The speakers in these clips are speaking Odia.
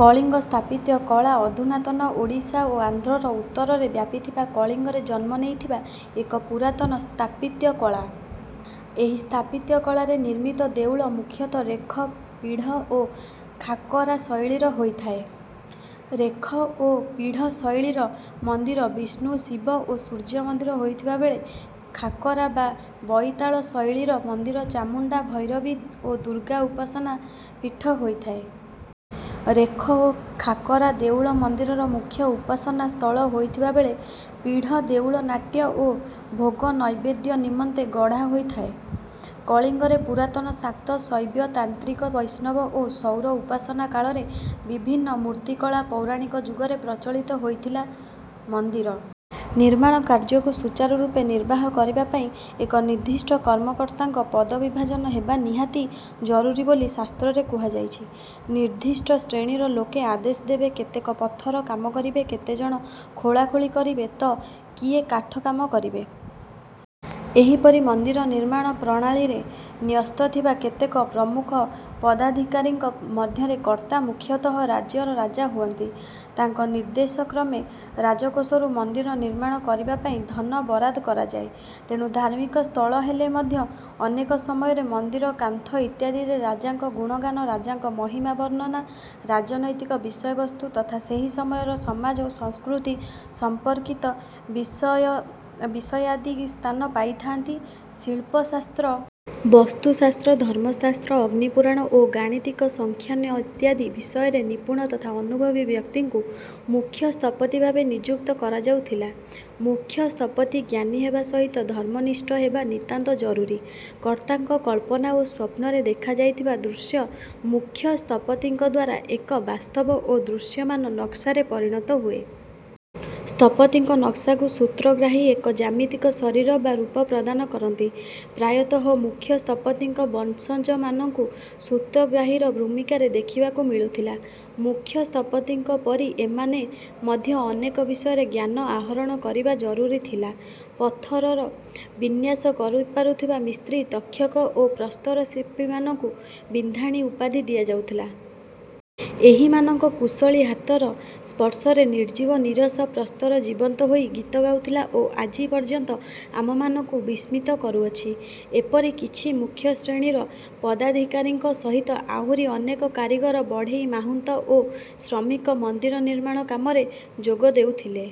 କଳିଙ୍ଗ ସ୍ଥାପତ୍ୟ କଳା ଅଧୁନାତନ ଓଡ଼ିଶା ଓ ଆନ୍ଧ୍ରର ଉତ୍ତରରେ ବ୍ୟାପିଥିବା କଳିଙ୍ଗରେ ଜନ୍ମ ନେଇଥିବା ଏକ ପୁରାତନ ସ୍ଥାପତ୍ୟ କଳା। ଏହି ସ୍ଥାପତ୍ୟ କଳାରେ ନିର୍ମିତ ଦେଉଳ ମୁଖ୍ୟତଃ ରେଖ ପୀଢ଼ ଓ ଖାକରା ଶୈଳୀର ହୋଇଥାଏ। ରେଖ ଓ ପୀଢ଼ ଶୈଳୀର ମନ୍ଦିର ବିଷ୍ଣୁ ଶିବ ଓ ସୂର୍ଯ୍ୟ ମନ୍ଦିର ହୋଇଥିବା ବେଳେ ଖାକରା ବା ବଇତାଳ ଶୈଳୀର ମନ୍ଦିର ଚାମୁଣ୍ଡା ଭୈରବୀ ଓ ଦୁର୍ଗା ଉପାସନା ପୀଠ ହୋଇଥାଏ। ରେଖ ଓ ଖାକରା ଦେଉଳ ମନ୍ଦିରର ମୁଖ୍ୟ ଉପାସନା ସ୍ଥଳ ହୋଇଥିବା ବେଳେ ପୀଢ଼ ଦେଉଳ ନାଟ୍ୟ ଓ ଭୋଗ ନୈବେଦ୍ୟ ନିମନ୍ତେ ଗଢ଼ାହୋଇଥାଏ। କଳିଙ୍ଗରେ ପୁରାତନ ଶାକ୍ତ ଶୈବ ତାନ୍ତ୍ରିକ ବୈଷ୍ଣବ ଓ ସୌର ଉପାସନା କାଳରେ ବିଭିନ୍ନ ମୂର୍ତ୍ତିକଳା ପୌରାଣିକ ଯୁଗରେ ପ୍ରଚଳିତ ଥିଲା। ମନ୍ଦିର ନିର୍ମାଣ କାର୍ଯ୍ୟକୁ ସୁଚାରୁ ରୂପେ ନିର୍ବାହ କରିବା ପାଇଁ ଏକ ନିର୍ଦ୍ଦିଷ୍ଟ କର୍ମକର୍ତ୍ତାଙ୍କ ପଦବିଭାଜନ ହେବା ନିହାତି ଜରୁରୀ ବୋଲି ଶାସ୍ତ୍ରରେ କୁହାଯାଇଛି। ନିର୍ଦ୍ଦିଷ୍ଟ ଶ୍ରେଣୀର ଲୋକେ ଆଦେଶ ଦେବେ କେତେକ ପଥର କାମ କରିବେ କେତେ ଜଣ ଖୋଳାଖୋଳି କରିବେ ତ କିଏ କାଠ କାମ କରିବେ। ଏହିପରି ମନ୍ଦିର ନିର୍ମାଣ ପ୍ରଣାଳୀରେ ନ୍ୟସ୍ତ ଥିବା କେତେକ ପ୍ରମୁଖ ପଦାଧିକାରୀଙ୍କ ମଧ୍ୟରେ କର୍ତ୍ତା ମୁଖ୍ୟତଃ ରାଜ୍ୟର ରାଜା ହୁଅନ୍ତି। ତାଙ୍କ ନିର୍ଦ୍ଦେଶକ୍ରମେ ରାଜକୋଷରୁ ମନ୍ଦିର ନିର୍ମାଣ କରିବା ପାଇଁ ଧନ ବରାଦ କରାଯାଏ। ତେଣୁ ଧାର୍ମିକ ସ୍ଥଳ ହେଲେ ମଧ୍ୟ ଅନେକ ସମୟରେ ମନ୍ଦିର କାନ୍ଥ ଇତ୍ୟାଦିରେ ରାଜାଙ୍କ ଗୁଣଗାନ ରାଜାଙ୍କ ମହିମା ବର୍ଣ୍ଣନା ରାଜନୈତିକ ବିଷୟବସ୍ତୁ ତଥା ସେହି ସମୟର ସମାଜ ଓ ସଂସ୍କୃତି ସମ୍ପର୍କିତ ବିଷୟାଦି ସ୍ଥାନ ପାଇଥାନ୍ତି। ଶିଳ୍ପଶାସ୍ତ୍ର ବାସ୍ତୁଶାସ୍ତ୍ର ଧର୍ମଶାସ୍ତ୍ର ଅଗ୍ନି ପୁରାଣ ଓ ଗାଣିତିକ ସଂଖ୍ୟାନ ଇତ୍ୟାଦି ବିଷୟରେ ନିପୁଣ ତଥା ଅନୁଭବୀ ବ୍ୟକ୍ତିଙ୍କୁ ମୁଖ୍ୟ ସ୍ଥପତି ଭାବେ ନିଯୁକ୍ତ କରାଯାଉଥିଲା। ମୁଖ୍ୟ ସ୍ଥପତି ଜ୍ଞାନୀ ହେବା ସହିତ ଧର୍ମନିଷ୍ଠ ହେବା ନିତାନ୍ତ ଜରୁରୀ। କର୍ତ୍ତାଙ୍କ କଳ୍ପନା ଓ ସ୍ୱପ୍ନରେ ଦେଖାଯାଇଥିବା ଦୃଶ୍ୟ ମୁଖ୍ୟ ସ୍ଥପତିଙ୍କ ଦ୍ୱାରା ଏକ ବାସ୍ତବ ଓ ଦୃଶ୍ୟମାନ ନକ୍ସାରେ ପରିଣତ ହୁଏ। ସ୍ଥପତିଙ୍କ ନକ୍ସାକୁ ସୂତ୍ରଗ୍ରାହୀ ଏକ ଜ୍ୟାମିତିକ ଶରୀର ବା ରୂପ ପ୍ରଦାନ କରନ୍ତି। ପ୍ରାୟତଃ ମୁଖ୍ୟ ସ୍ଥପତିଙ୍କ ବଂଶଜମାନଙ୍କୁ ସୂତ୍ରଗ୍ରାହୀର ଭୂମିକାରେ ଦେଖିବାକୁ ମିଳୁଥିଲା। ମୁଖ୍ୟ ସ୍ଥପତିଙ୍କ ପରି ଏମାନେ ମଧ୍ୟ ଅନେକ ବିଷୟରେ ଜ୍ଞାନ ଆହରଣ କରିବା ଜରୁରୀ ଥିଲା। ପଥରର ବିନ୍ୟାସ କରିପାରୁଥିବା ମିସ୍ତ୍ରୀ ତକ୍ଷକ ଓ ପ୍ରସ୍ତର ଶିଳ୍ପୀମାନଙ୍କୁ ବିନ୍ଧାଣୀ ଉପାଧି ଦିଆଯାଉଥିଲା। ଏହିମାନଙ୍କ କୁଶଳୀ ହାତର ସ୍ପର୍ଶରେ ନିର୍ଜୀବ ନୀରସ ପ୍ରସ୍ତର ଜୀବନ୍ତ ହୋଇ ଗୀତ ଗାଉଥିଲା ଓ ଆଜି ପର୍ଯ୍ୟନ୍ତ ଆମମାନଙ୍କୁ ବିସ୍ମିତ କରୁଅଛି। ଏପରି କିଛି ମୁଖ୍ୟ ଶ୍ରେଣୀର ପଦାଧିକାରୀଙ୍କ ସହିତ ଆହୁରି ଅନେକ କାରିଗର ବଢ଼େଇ ମାହୁନ୍ତ ଓ ଶ୍ରମିକ ମନ୍ଦିର ନିର୍ମାଣ କାମରେ ଯୋଗ ଦେଉଥିଲେ।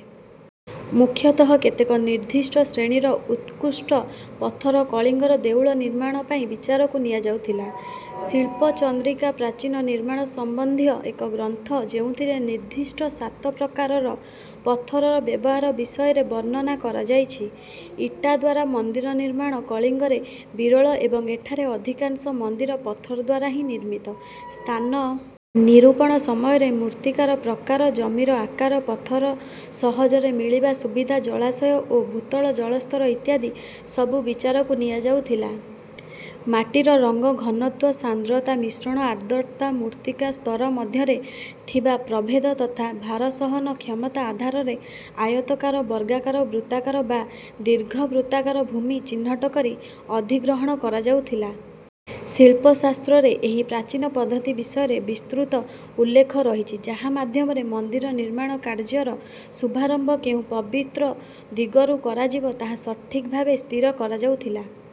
ମୁଖ୍ୟତଃ କେତେକ ନିର୍ଦ୍ଦିଷ୍ଟ ଶ୍ରେଣୀର ଉତ୍କୃଷ୍ଟ ପଥର କଳିଙ୍ଗର ଦେଉଳ ନିର୍ମାଣ ପାଇଁ ବିଚାରକୁ ନିଆଯାଉଥିଲା। ଶିଳ୍ପ ଚନ୍ଦ୍ରିକା ପ୍ରାଚୀନ ନିର୍ମାଣ ସମ୍ବନ୍ଧୀୟ ଏକ ଗ୍ରନ୍ଥ ଯେଉଁଥିରେ ନିର୍ଦ୍ଦିଷ୍ଟ ସାତ ପ୍ରକାରର ପଥରର ବ୍ୟବହାର ବିଷୟରେ ବର୍ଣ୍ଣନା କରାଯାଇଛି। ଇଟା ଦ୍ୱାରା ମନ୍ଦିର ନିର୍ମାଣ କଳିଙ୍ଗରେ ବିରଳ ଏବଂ ଏଠାରେ ଅଧିକାଂଶ ମନ୍ଦିର ପଥର ଦ୍ୱାରା ହିଁ ନିର୍ମିତ। ସ୍ଥାନ ନିରୂପଣ ସମୟରେ ମୃତ୍ତିକାର ପ୍ରକାର ଜମିର ଆକାର ପଥର ସହଜରେ ମିଳିବା ସୁବିଧା ଜଳାଶୟ ଓ ଭୂତଳ ଜଳସ୍ତର ଇତ୍ୟାଦି ସବୁ ବିଚାରକୁ ନିଆଯାଉଥିଲା। ମାଟିର ରଙ୍ଗ ଘନତ୍ୱ ସାନ୍ଦ୍ରତା ମିଶ୍ରଣ ଆର୍ଦ୍ରତା ମୃତ୍ତିକା ସ୍ତର ମଧ୍ୟରେ ଥିବା ପ୍ରଭେଦ ତଥା ଭାରସହନ କ୍ଷମତା ଆଧାରରେ ଆୟତାକାର ବର୍ଗାକାର ବୃତ୍ତାକାର ବା ଦୀର୍ଘବୃତ୍ତାକାର ଭୂମି ଚିହ୍ନଟ କରି ଅଧିଗ୍ରହଣ କରାଯାଉଥିଲା। ଶିଳ୍ପଶାସ୍ତ୍ରରେ ଏହି ପ୍ରାଚୀନ ପଦ୍ଧତି ବିଷୟରେ ବିସ୍ତୃତ ଉଲ୍ଲେଖ ରହିଛି ଯାହା ମାଧ୍ୟମରେ ମନ୍ଦିର ନିର୍ମାଣ କାର୍ଯ୍ୟର ଶୁଭାରମ୍ଭ କେଉଁ ପବିତ୍ର ଦିଗରୁ କରାଯିବ ତାହା ସଠିକ୍ ଭାବେ ସ୍ଥିର କରାଯାଉଥିଲା।